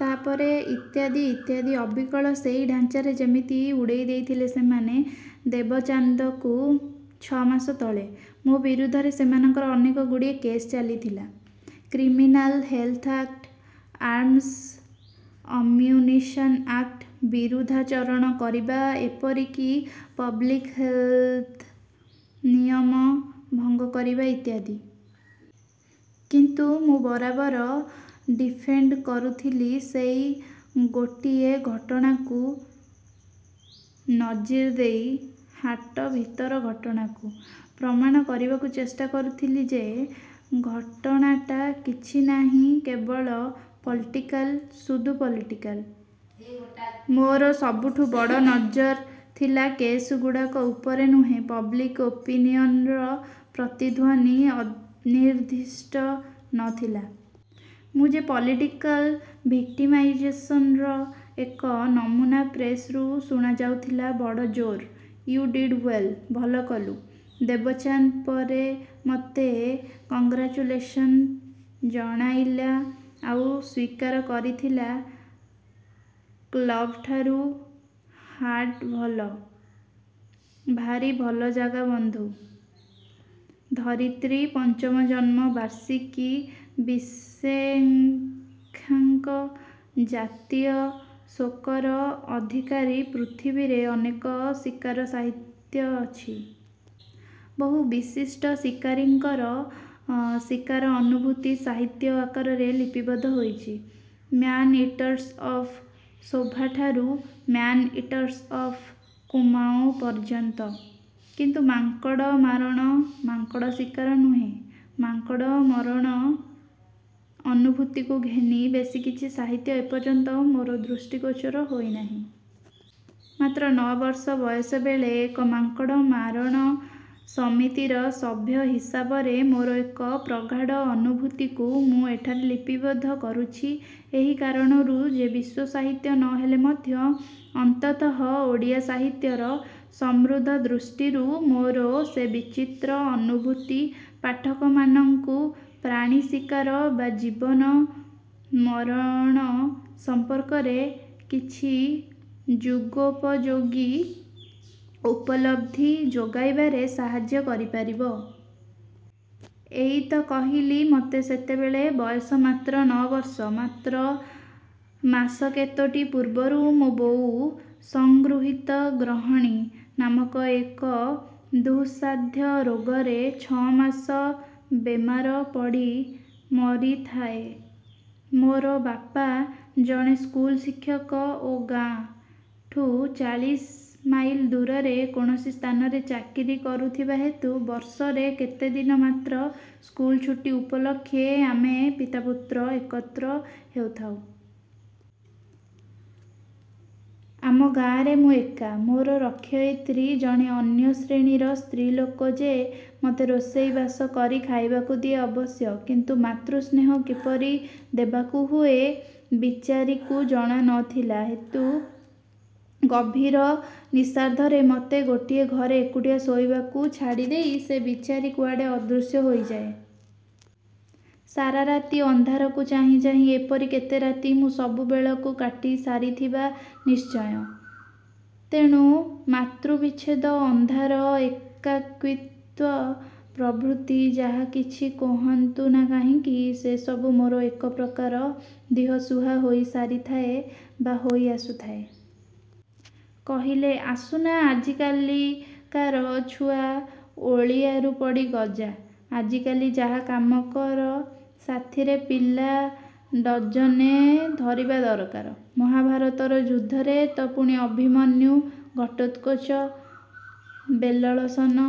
ତା' ପରେ ଇତ୍ୟାଦି ଇତ୍ୟାଦି ଅବିକଳ ସେଇ ଢାଞ୍ଚାରେ ଯେମିତି ଉଡ଼େଇ ଦେଇଥିଲେ ସେମାନେ ଦେବଚାନ୍ଦକୁ ଛ'ମାସ ତଳେ। ମୋ ବିରୁଦ୍ଧରେ ସେମାନଙ୍କର ଅନେକ ଗୁଡ଼ିଏ କେସ୍ ଚାଲିଥିଲା। Criminal, health act, arms ammunition act ବିରୁଦ୍ଧାଚରଣ କରିବା ଏପରି କି ପବ୍ଲିକ୍ ହେଲ୍ଥ ନିୟମ ଭଙ୍ଗ କରିବା ଇତ୍ୟାଦି। କିନ୍ତୁ ମୁଁ ବରାବର ଡିଫେଣ୍ଡ୍ କରୁଥିଲି ସେଇ ଗୋଟିଏ ଘଟଣାକୁ ନଜିର୍ ଦେଇ-ହାଟ ଭିତର ଘଟଣାକୁ। ପ୍ରମାଣ କରିବାକୁ ଚେଷ୍ଟା କରୁଥିଲି ଯେ ଘଟଣାଟା କିଛି ନାହିଁ କେବଳ ପଲିଟିକାଲ୍ ସୁଦୁ ପଲିଟିକାଲ୍। ମୋର ସବୁଠୁଁ ବଡ଼ ନଜର୍ ଥିଲା କେସ୍ ଗୁଡ଼ାକ ଉପରେ ନୁହେଁ-ପବ୍ଲିକ୍ ଓପିନିଅନ୍ର ପ୍ରତିଧ୍ଵନି ଅନିର୍ଦ୍ଦିଷ୍ଟ ନ ଥିଲା। ମୁଁ ଯେ ପଲିଟିକାଲ୍ ଭିକ୍ଟିମାଇଜେସନ୍ର ଏକ ନମୁନା-ପ୍ରେସ୍ରୁ ଶୁଣାଯାଉଥିଲା ବଡ଼ ଜୋର୍। "ୟୁ ଡିଡ଼୍ ୱେଲ୍, ଭଲ କଲୁ", ଦେବଚାନ୍ଦ୍ ପରେ ମତେ କଂଗ୍ରାଚୁଲେସନ୍ ଜଣାଇଥିଲା ଆଉ ସ୍ଵୀକାର କରିଥିଲା, "କ୍ଲବ୍ଠାରୁ ହାଟ ଭଲ, ଭାରି ଭଲ ଜାଗା, ବନ୍ଧୁ! " ଧରିତ୍ରୀ, ପଞ୍ଚମ ଜନ୍ମ-ବାର୍ଷିକୀ ବିଶେକ୍ଷାଙ୍କ, ଜାତୀୟ ଶୋକର ଅଧିକାରୀ ପୃଥିବୀରେ ଅନେକ ଶିକାର ସାହିତ୍ୟ ଅଛି। ବହୁ ବିଶିଷ୍ଟ ଶିକାରୀଙ୍କର ଶିକାର ଅନୁଭୂତି ସାହିତ୍ୟ ଆକାରରେ ଲିପିବଦ୍ଧ ହୋଇଛି। -ମ୍ୟାନ୍ ଇଟରସ୍ ଅଫ୍ ସାଭୋଠାରୁ ମ୍ୟାନ୍ ଇଟରସ ଅଫ୍ କୁମାଓଁ ପର୍ଯ୍ୟନ୍ତ। କିନ୍ତୁ ମାଙ୍କଡ଼ ମାରଣ, ମାଙ୍କଡ଼ ଶିକାର ନୁହେଁ, ମାଙ୍କଡ଼ ମରଣ ଅନୁଭୂତିକୁ ଘେନି ବେଶି କିଛି ସାହିତ୍ୟ ଏପର୍ଯ୍ୟନ୍ତ ମୋର ଦୃଷ୍ଟି ଗୋଚର ହୋଇନାହିଁ। ମାତ୍ର ନଅବର୍ଷ ବୟସ ବେଳେ ଏକ ମାଙ୍କଡ଼ ମାରଣ ସମିତିର ସଭ୍ୟ ହିସାବରେ ମୋର ଏକ ପ୍ରଗାଢ଼ ଅନୁଭୂତିକୁ ମୁଁ ଏଠାରେ ଲିପିବଦ୍ଧ କରୁଛି ଏହି କାରଣରୁ ଯେ ବିଶ୍ଵ ସାହିତ୍ୟ ନ ହେଲେ ମଧ୍ୟ ଅନ୍ତତଃ ଓଡ଼ିଆ ସାହିତ୍ୟର ସମୃଦ୍ଧ ଦୃଷ୍ଟିରୁ ମୋର ସେ ବିଚିତ୍ର ଅନୁଭୂତି ପାଠକମାନଙ୍କୁ ପ୍ରାଣୀ ଶିକାର ବା ଜୀବନ ମାରଣ ସମ୍ପର୍କରେ କିଛି ଯୁଗୋପଯୋଗୀ ଉପଲବ୍ଧି ଯୋଗାଇବାରେ ସାହାଯ୍ୟ କରିପାରିବ। ଏଇ ତ କହିଲି-ମତେ ସେତେବେଳେ ବୟସ ମାତ୍ର ନଅ ବର୍ଷ। ମାତ୍ର ମାସ କେତୋଟି ପୂର୍ବରୁ ମୋ ବୋଉ 'ସଂଗୃହୀତ ଗ୍ରହଣୀ' ନାମକ ଏକ ଦୁଃସାଧ୍ୟ ରୋଗରେ ଛ'ମାସ ବେମାର ପଡ଼ି ମରିଥାଏ। ମୋର ବାପା ଜଣେ ସ୍କୁଲ ଶିକ୍ଷକ ଓ ଗାଁ। ଠୁଁ ଚାଳିଶ ମାଇଲ ଦୂରରେ କୌଣସି ସ୍ଥାନରେ ଚାକିରି କରୁଥିବା ହେତୁ ବର୍ଷରେ କେଇଦିନ ମାତ୍ର ସ୍କୁଲ ଛୁଟି ଉପଲକ୍ଷେ ଆମେ ପିତାପୁତ୍ର ଏକତ୍ର ହେଉଥାଉ। ଆମ ଗାଁରେ ମୁଁ ଏକା। ମୋର ରକ୍ଷୟିତ୍ରୀ ଜଣେ ଅନ୍ୟ ଶ୍ରେଣୀର ସ୍ତ୍ରୀଲୋକ ଯେ ମତେ ରୋଷେଇ ବାସ କରି ଖାଇବାକୁ ଦିଏ ଅବଶ୍ୟ। କିନ୍ତୁ ମାତୃ ସ୍ନେହ କିପରି ଦେବାକୁ ହୁଏ ବିଚାରୀକୁ ଜଣା ନ ଥିବା ହେତୁ ଗଭୀର ନିଶାର୍ଦ୍ଧରେ ମତେ ଗୋଟିଏ ଘରେ ଏକୁଟିଆ ଶୋଇବାକୁ ଛାଡ଼ିଦେଇ ସେ ବିଚାରୀ କୁଆଡ଼େ ଅଦୃଶ୍ୟ ହୋଇଯାଏ। ସାରା ରାତି ଅନ୍ଧାରକୁ ଚାହିଁ ଚାହିଁ ଏପରି କେତେ ରାତି ମୁଁ ସେତେବେଳକୁ କାଟି ସାରିଥିବା ନିଶ୍ଚୟ। ତେଣୁ ମାତୃବିଚ୍ଛେଦ, ଅନ୍ଧାର, ଏକାକୀତ୍ଵ ପ୍ରଭୃତି ଯାହା କିଛି କୁହନ୍ତୁ ନା କାହିଁକି ସେ ସବୁ ମୋର ଏକ ପ୍ରକାର ଦିହସୁହା ହୋଇ ସାରିଥାଏ ବା ହୋଇ ଆସୁଥାଏ। କହିଲେ, "ଆସୁନା। ଆଜିକାଲିକାର ଛୁଆ ଓଳିଆରୁ ପଡ଼ି ଗଜା। ଆଜିକାଲି ଯାହା କାମ କର ସାଥିରେ ପିଲା ଡଜନେ ଧରିବା ଦରକାର। ମହାଭାରତ ଯୁଦ୍ଧରେ ତ ପୁଣି ଅଭିମନ୍ୟୁ, ଘଟୋତ୍କୋଚ, ବେଲଳସେନ